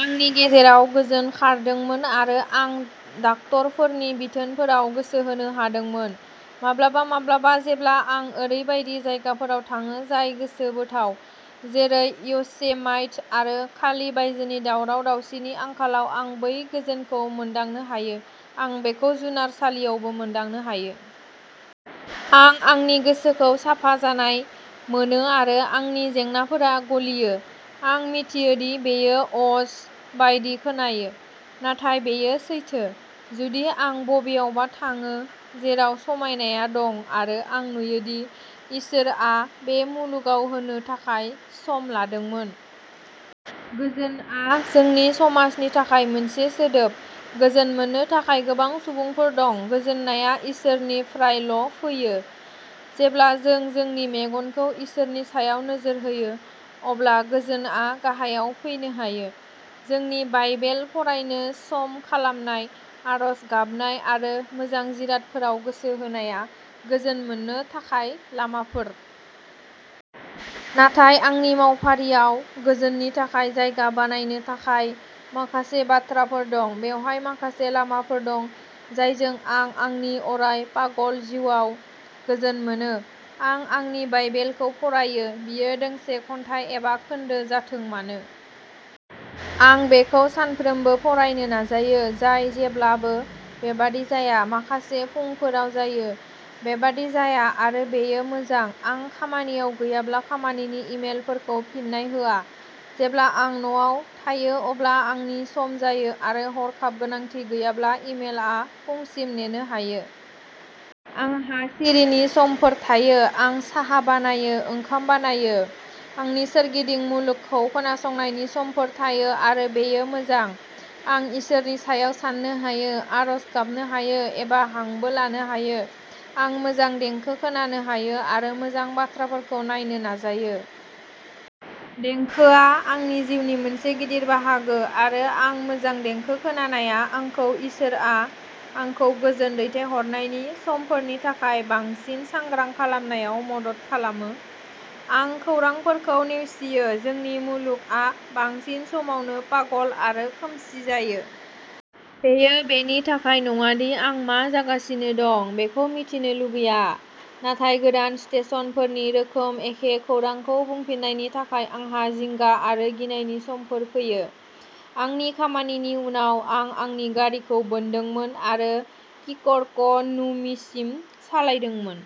आंनि गेजेराव गोजोन खारदोंमोन आरो आं डाक्ट'रफोरनि बिथोनफोराव गोसो होनो हादोंमोन। माब्लाबा माब्लाबा जेब्ला आं ओरैबायदि जायगाफोराव थाङो जाय गोसोबोथाव। जेरै य'सेमाइट आरो खालि बायजोनि दावराव-दावसिनि आंखालाव आं बै गोजोनखौ मोनदांनो हायो। आं बेखौ जुनारसालियावबो मोनदांनो हायो। आं आंनि गोसोखौ साफा जानाय मोनो आरो आंनि जेंनाफोरा गलियो। आं मिथियो दि बेयो अज बायदि खोनायो, नाथाय बेयो सैथो। जुदि आं बबेयावबा थाङो, जेराव समायनाया दं आरो आं नुयो दि इसोरआ बे मुलुगाव होनो थाखाय सम लादोंमोन। गोजोनआ जोंनि समाजनि थाखाय मोनसे सोदोब, गोजोन मोननो थाखाय गोबां सुबुंफोर दं। गोजोननाया इसोरनिफ्रायल'फैयो। जेब्ला जों जोंनि मेगनखौ इसोरनि सायाव नोजोर होयो, अब्ला गोजोनआ गाहायाव फैनो हायो। जोंनि बाइबेल फरायनो सम खालामनाय, आरज गाबनाय आरो मोजां जिरादफोराव गोसो होनाया गोजोन मोननो थाखाय लामाफोर। नाथाय आंनि मावफारियाव गोजोननि थाखाय जायगा बानायनो थाखाय माखासे बाथ्राफोर दं। बेवहाय माखासे लामाफोर दं, जायजों आं आंनि अराय पागल जिउआव गोजोन मोनो। आं आंनि बाइबेलखौ फरायो। बियो दोंसे खन्थाइ एबा खोन्दो जाथों मानो। आं बेखौ सानफ्रोमबो फरायनो नाजायो। जाय जेब्लाबो बेबादि जाया। माखासे फुंफोराव जायो। बेबादि जाया आरो बेयो मोजां। आं खामानियाव गैयाब्ला खामानिनि इमेलफोरखौ फिननाय होआ। जेब्ला आं न'आव थायो अब्ला आंनि सम जायो आरो हरखाब गोनांथि गैयाब्ला इमेलआ फुंसिम नेनो हायो। आंहा सिरिनि समफोर थायो। आं साहा बानायो, ओंखाम बानायो। आंनि सोरगिदिं मुलुगखौ खोनासंनायनि समफोर थायो आरो बेयो मोजां। आं इसोरनि सायाव साननो हायो, आरज गाबनो हायो एबा हांबो लानो हायो। आं मोजां देंखो खोनानो हायो आरो मोजां बाथ्राफोरखौ नायनो नाजायो। देंखोआ आंनि जिउनि मोनसे गिदिर बाहागो आरो आं मोजां देंखो खोनानाया आंखौ इसोरआ आंखौ गोजोन दैथाय हरनायनि समफोरनि थाखाय बांसिन सांग्रां खालामनायाव मदद खालामो। आं खौरांफोरखौ नेवसियो। जोंनि मुलुगआ बांसिन समावनो पागल आरो खोमसि जायो। बेयो बेनि थाखाय नङा दि आं मा जागासिनो दं बेखौ मिथिनो लुगैया। नाथाय गोदान स्टेशनफोरनि रोखोम एखे खौरांखौ बुंफिननायनि थाखाय आंहा जिंगा आरो गिनायनि समफोर फैयो। आंनि खामानिनि उनाव, आं आंनि गारिखौ बोनदोंमोन आरो किर्कक'नुमिसिम सालायदोंमोन।